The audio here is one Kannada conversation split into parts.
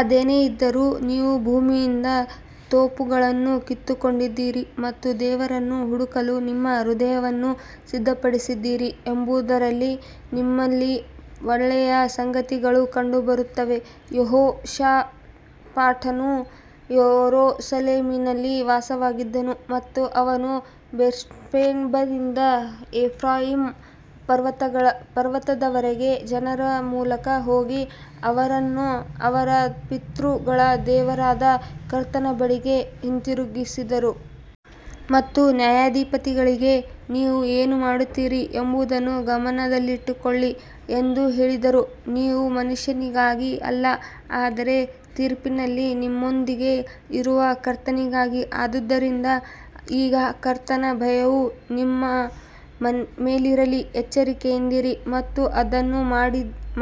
ಅದೇನೇ ಇದ್ದರೂ, ನೀವು ಭೂಮಿಯಿಂದ ತೋಪುಗಳನ್ನು ಕಿತ್ತುಕೊಂಡಿದ್ದೀರಿ ಮತ್ತು ದೇವರನ್ನು ಹುಡುಕಲು ನಿಮ್ಮ ಹೃದಯವನ್ನು ಸಿದ್ಧಪಡಿಸಿದ್ದೀರಿ ಎಂಬುದರಲ್ಲಿ ನಿಮ್ಮಲ್ಲಿ ಒಳ್ಳೆಯ ಸಂಗತಿಗಳು ಕಂಡುಬರುತ್ತವೆ. ಯೆಹೋಷಾಫಾಟನು ಯೆರೂಸಲೇಮಿನಲ್ಲಿ ವಾಸವಾಗಿದ್ದನು ಮತ್ತು ಅವನು ಬೇರ್ಷೆಬದಿಂದ ಎಫ್ರಾಯೀಮ್ ಪರ್ವತದವರೆಗೆ ಜನರ ಮೂಲಕ ಹೋಗಿ ಅವರನ್ನು ಅವರ ಪಿತೃಗಳ ದೇವರಾದ ಕರ್ತನ ಬಳಿಗೆ ಹಿಂತಿರುಗಿಸಿದನು. ಮತ್ತು ನ್ಯಾಯಾಧಿಪತಿಗಳಿಗೆ ನೀವು ಏನು ಮಾಡುತ್ತೀರಿ ಎಂಬುದನ್ನು ಗಮನದಲ್ಲಿಟ್ಟುಕೊಳ್ಳಿ ಎಂದು ಹೇಳಿದರು, ನೀವು ಮನುಷ್ಯನಿಗಾಗಿ ಅಲ್ಲ, ಆದರೆ ತೀರ್ಪಿನಲ್ಲಿ ನಿಮ್ಮೊಂದಿಗೆ ಇರುವ ಕರ್ತನಿಗಾಗಿ. ಆದದರಿಂದ ಈಗ ಕರ್ತನ ಭಯವು ನಿಮ್ಮ ಮೇಲಿರಲಿ, ಎಚ್ಚರಿಕೆಯಿಂದಿರಿ ಮತ್ತು ಅದನ್ನು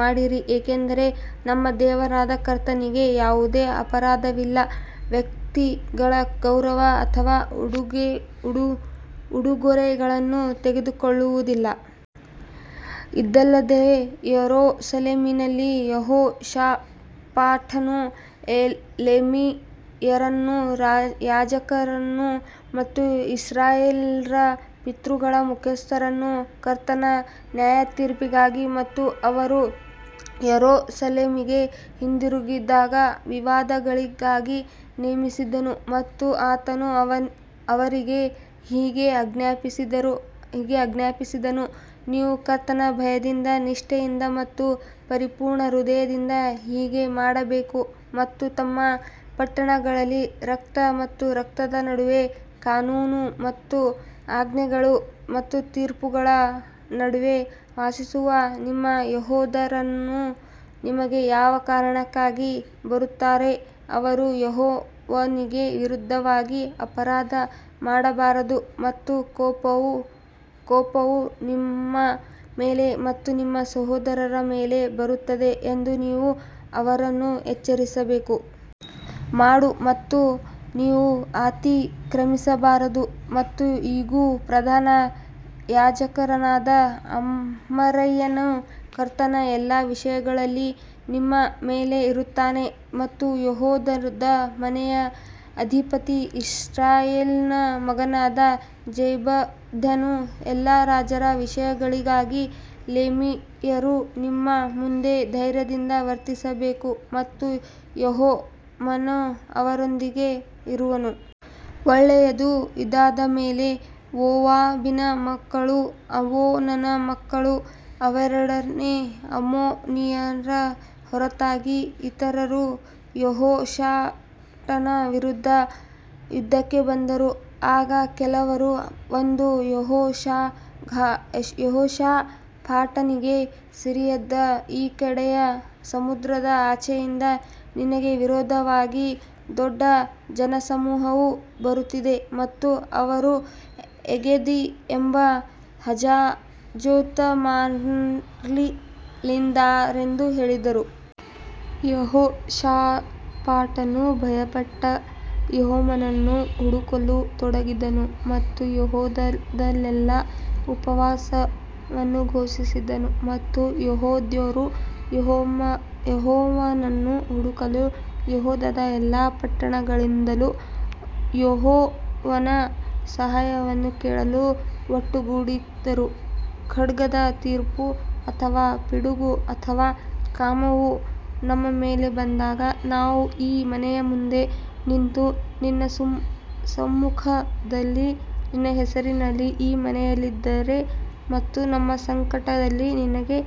ಮಾಡಿರಿ ಏಕೆಂದರೆ ನಮ್ಮ ದೇವರಾದ ಕರ್ತನಿಗೆ ಯಾವುದೇ ಅಪರಾಧವಿಲ್ಲ, ವ್ಯಕ್ತಿಗಳ ಗೌರವ ಅಥವಾ ಉಡುಗೊರೆಗಳನ್ನು ತೆಗೆದುಕೊಳ್ಳುವುದಿಲ್ಲ. ಇದಲ್ಲದೆ ಯೆರೂಸಲೇಮಿನಲ್ಲಿ ಯೆಹೋಷಾಫಾಟನು ಲೇವಿಯರನ್ನು, ಯಾಜಕರನ್ನು ಮತ್ತು ಇಸ್ರಾಯೇಲ್ಯರ ಪಿತೃಗಳ ಮುಖ್ಯಸ್ಥರನ್ನು ಕರ್ತನ ನ್ಯಾಯತೀರ್ಪಿಗಾಗಿ ಮತ್ತು ಅವರು ಯೆರೂಸಲೇಮಿಗೆ ಹಿಂದಿರುಗಿದಾಗ ವಿವಾದಗಳಿಗಾಗಿ ನೇಮಿಸಿದನು. ಮತ್ತು ಆತನು ಅವರಿಗೆ ಹೀಗೆ ಆಜ್ಞಾಪಿಸಿದನು, ನೀವು ಕರ್ತನ ಭಯದಲ್ಲಿ ನಿಷ್ಠೆಯಿಂದ ಮತ್ತು ಪರಿಪೂರ್ಣ ಹೃದಯದಿಂದ ಹೀಗೆ ಮಾಡಬೇಕು ಮತ್ತು ತಮ್ಮ ಪಟ್ಟಣಗಳಲ್ಲಿ ರಕ್ತ ಮತ್ತು ರಕ್ತದ ನಡುವೆ ಕಾನೂನು ಮತ್ತು ಆಜ್ಞೆಗಳು ಮತ್ತು ತೀರ್ಪುಗಳ ನಡುವೆ ವಾಸಿಸುವ ನಿಮ್ಮ ಸಹೋದರರು ನಿಮಗೆ ಯಾವ ಕಾರಣಕ್ಕಾಗಿ ಬರುತ್ತಾರೆ, ಅವರು ಯೆಹೋವನಿಗೆ ವಿರುದ್ಧವಾಗಿ ಅಪರಾಧ ಮಾಡಬಾರದು ಮತ್ತು ಕೋಪವು ನಿಮ್ಮ ಮೇಲೆ ಮತ್ತು ನಿಮ್ಮ ಸಹೋದರರ ಮೇಲೆ ಬರುತ್ತದೆ ಎಂದು ನೀವು ಅವರನ್ನು ಎಚ್ಚರಿಸಬೇಕು. ಮಾಡು ಮತ್ತು ನೀವು ಅತಿಕ್ರಮಿಸಬಾರದು ಮತ್ತು ಇಗೋ, ಪ್ರಧಾನ ಯಾಜಕನಾದ ಅಮರಯ್ಯನು ಕರ್ತನ ಎಲ್ಲಾ ವಿಷಯಗಳಲ್ಲಿ ನಿಮ್ಮ ಮೇಲೆ ಇರುತ್ತಾನೆ ಮತ್ತು ಯೆಹೂದದ ಮನೆಯ ಅಧಿಪತಿ ಇಷ್ಮಾಯೇಲನ ಮಗನಾದ ಜೆಬದ್ಯನು ಎಲ್ಲಾ ರಾಜರ ವಿಷಯಗಳಿಗಾಗಿ ಲೇವಿಯರು ನಿಮ್ಮ ಮುಂದೆ ಧೈರ್ಯದಿಂದ ವರ್ತಿಸಬೇಕು ಮತ್ತು ಯೆಹೋವನು ಅವರೊಂದಿಗೆ ಇರುವನು. ಒಳ್ಳೆಯದು ಇದಾದ ಮೇಲೆ ಮೋವಾಬಿನ ಮಕ್ಕಳೂ ಅಮ್ಮೋನನ ಮಕ್ಕಳೂ ಅವರೊಡನೆ ಅಮ್ಮೋನಿಯರ ಹೊರತಾಗಿ ಇತರರೂ ಯೆಹೋಷಾಫಾಟನ ವಿರುದ್ಧ ಯುದ್ಧಕ್ಕೆ ಬಂದರು. ಆಗ ಕೆಲವರು ಬಂದು ಯೆಹೋಷಾಫಾಟನಿಗೆ ಸಿರಿಯದ ಈ ಕಡೆಯ ಸಮುದ್ರದ ಆಚೆಯಿಂದ ನಿನಗೆ ವಿರೋಧವಾಗಿ ದೊಡ್ಡ ಜನಸಮೂಹವು ಬರುತ್ತಿದೆ ಮತ್ತು ಅವರು ಎಂಗೆದಿ ಎಂಬ ಹಜಾಜೊಂತಮಾರ್ನಲ್ಲಿದ್ದಾರೆಂದು ಹೇಳಿದರು. ಯೆಹೋಷಾಫಾಟನು ಭಯಪಟ್ಟು ಯೆಹೋವನನ್ನು ಹುಡುಕಲು ತೊಡಗಿದನು ಮತ್ತು ಯೆಹೂದದಲ್ಲೆಲ್ಲಾ ಉಪವಾಸವನ್ನು ಘೋಷಿಸಿದನು. ಮತ್ತು ಯೆಹೂದ್ಯರು ಯೆಹೋವನನ್ನು ಹುಡುಕಲು ಯೆಹೂದದ ಎಲ್ಲಾ ಪಟ್ಟಣಗಳಿಂದಲೂ ಯೆಹೋವನ ಸಹಾಯವನ್ನು ಕೇಳಲು ಒಟ್ಟುಗೂಡಿದರು. ಖಡ್ಗದ ತೀರ್ಪು ಅಥವಾ ಪಿಡುಗು ಅಥವಾ ಕ್ಷಾಮವು ನಮ್ಮ ಮೇಲೆ ಬಂದಾಗ ನಾವು ಈ ಮನೆಯ ಮುಂದೆ ನಿಂತು ನಿನ್ನ ಸಮ್ಮುಖದಲ್ಲಿ ನಿನ್ನ ಹೆಸರಿನಲ್ಲಿ ಈ ಮನೆಯಲ್ಲಿದ್ದರೆ ಮತ್ತು ನಮ್ಮ ಸಂಕಟದಲ್ಲಿ ನಿನಗೆ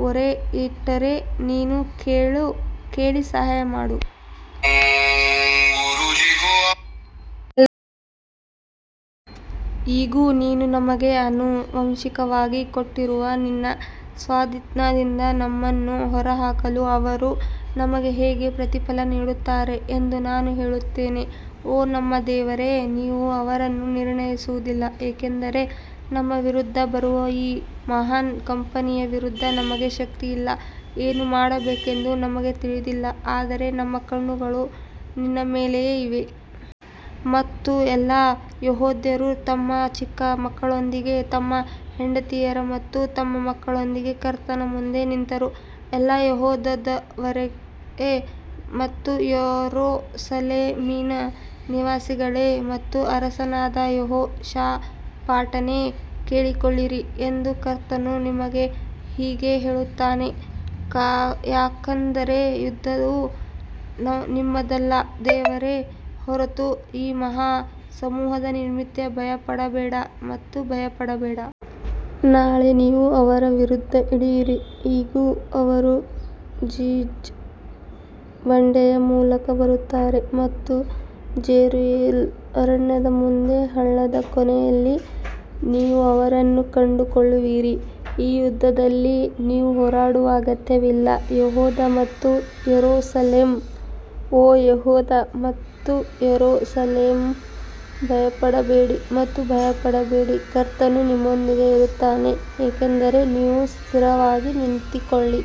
ಮೊರೆಯಿಟ್ಟರೆ ನೀನು ಕೇಳಿ ಸಹಾಯ ಮಾಡು. ಇಗೋ, ನೀನು ನಮಗೆ ಆನುವಂಶಿಕವಾಗಿ ಕೊಟ್ಟಿರುವ ನಿನ್ನ ಸ್ವಾಧೀನದಿಂದ ನಮ್ಮನ್ನು ಹೊರಹಾಕಲು ಅವರು ನಮಗೆ ಹೇಗೆ ಪ್ರತಿಫಲ ನೀಡುತ್ತಾರೆ ಎಂದು ನಾನು ಹೇಳುತ್ತೇನೆ. ಓ ನಮ್ಮ ದೇವರೇ ನೀವು ಅವರನ್ನು ನಿರ್ಣಯಿಸುವುದಿಲ್ಲ ಏಕೆಂದರೆ ನಮ್ಮ ವಿರುದ್ಧ ಬರುವ ಈ ಮಹಾನ್ ಕಂಪನಿಯ ವಿರುದ್ಧ ನಮಗೆ ಶಕ್ತಿಯಿಲ್ಲ, ಏನು ಮಾಡಬೇಕೆಂದು ನಮಗೆ ತಿಳಿದಿಲ್ಲ ಆದರೆ ನಮ್ಮ ಕಣ್ಣುಗಳು ನಿನ್ನ ಮೇಲೆಯೇ ಇವೆ. ಮತ್ತು ಎಲ್ಲಾ ಯೆಹೂದ್ಯರು ತಮ್ಮ ಚಿಕ್ಕ ಮಕ್ಕಳೊಂದಿಗೆ ತಮ್ಮ ಹೆಂಡತಿಯರು ಮತ್ತು ತಮ್ಮ ಮಕ್ಕಳೊಂದಿಗೆ ಕರ್ತನ ಮುಂದೆ ನಿಂತರು ಎಲ್ಲಾ ಯೆಹೂದದವರೇ ಮತ್ತು ಯೆರೂಸಲೇಮಿನ ನಿವಾಸಿಗಳೇ ಮತ್ತು ಅರಸನಾದ ಯೆಹೋಷಾಫಾಟನೇ ಕೇಳಿಕೊಳ್ಳಿರಿ ಎಂದು ಕರ್ತನು ನಿಮಗೆ ಹೀಗೆ ಹೇಳುತ್ತಾನೆ ಯಾಕಂದರೆ ಯುದ್ಧವು ನಿಮ್ಮದಲ್ಲ, ದೇವರೇ ಹೊರತು ಈ ಮಹಾ ಸಮೂಹದ ನಿಮಿತ್ತ ಭಯಪಡಬೇಡ ಮತ್ತು ಭಯಪಡಬೇಡ. ನಾಳೆ ನೀವು ಅವರ ವಿರುದ್ಧ ಇಳಿಯಿರಿ, ಇಗೋ ಅವರು ಜಿಜ್ ಬಂಡೆಯ ಮೂಲಕ ಬರುತ್ತಾರೆ ಮತ್ತು ಜೆರುಯೆಲ್ ಅರಣ್ಯದ ಮುಂದೆ ಹಳ್ಳದ ಕೊನೆಯಲ್ಲಿ ನೀವು ಅವರನ್ನು ಕಂಡುಕೊಳ್ಳುವಿರಿ ಈ ಯುದ್ಧದಲ್ಲಿ ನೀವು ಹೋರಾಡುವ ಅಗತ್ಯವಿಲ್ಲ, ಯೆಹೂದ ಮತ್ತು ಯೆರೂಸಲೇಮ್, ಓ ಯೆಹೂದ ಮತ್ತು ಯೆರೂಸಲೇಮ್ ಭಯಪಡಬೇಡಿ ಮತ್ತು ಭಯಪಡಬೇಡಿ, ಕರ್ತನು ನಿಮ್ಮೊಂದಿಗೆ ಇರುತ್ತಾನೆ ಏಕೆಂದರೆ ನೀವು ಸ್ಥಿರವಾಗಿ ನಿಂತುಕೊಳ್ಳಿ.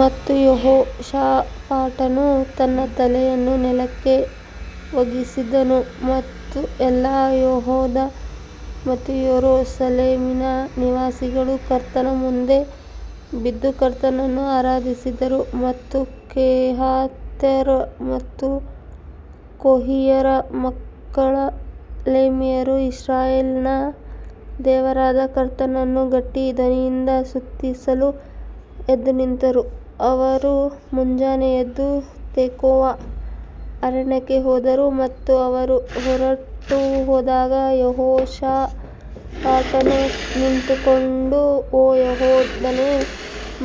ಮತ್ತು ಯೆಹೋಷಾಫಾಟನು ತನ್ನ ತಲೆಯನ್ನು ನೆಲಕ್ಕೆ ಬಗ್ಗಿಸಿದನು ಮತ್ತು ಎಲ್ಲಾ ಯೆಹೂದ ಮತ್ತು ಯೆರೂಸಲೇಮಿನ ನಿವಾಸಿಗಳು ಕರ್ತನ ಮುಂದೆ ಬಿದ್ದು ಕರ್ತನನ್ನು ಆರಾಧಿಸಿದರು. ಮತ್ತು ಕೆಹಾತ್ಯರ ಮತ್ತು ಕೊರ್ಹಿಯರ ಮಕ್ಕಳ ಲೇವಿಯರು ಇಸ್ರಾಯೇಲಿನ ದೇವರಾದ ಕರ್ತನನ್ನು ಗಟ್ಟಿ ಧ್ವನಿಯಿಂದ ಸ್ತುತಿಸಲು ಎದ್ದು ನಿಂತರು. ಅವರು ಮುಂಜಾನೆ ಎದ್ದು ತೆಕೋವಾ ಅರಣ್ಯಕ್ಕೆ ಹೋದರು ಮತ್ತು ಅವರು ಹೊರಟುಹೋದಾಗ ಯೆಹೋಷಾಫಾಟನು ನಿಂತುಕೊಂಡು, ಓ ಯೆಹೂದನೇ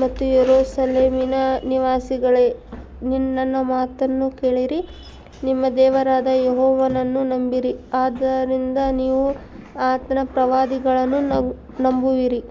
ಮತ್ತು ಯೆರೂಸಲೇಮಿನ ನಿವಾಸಿಗಳೇ ನನ್ನ ಮಾತನ್ನು ಕೇಳಿರಿ, ನಿಮ್ಮ ದೇವರಾದ ಯೆಹೋವನನ್ನು ನಂಬಿರಿ, ಆದ್ದರಿಂದ ನೀವು ಆತನ ಪ್ರವಾದಿಗಳನ್ನು ನಂಬುವಿರಿ.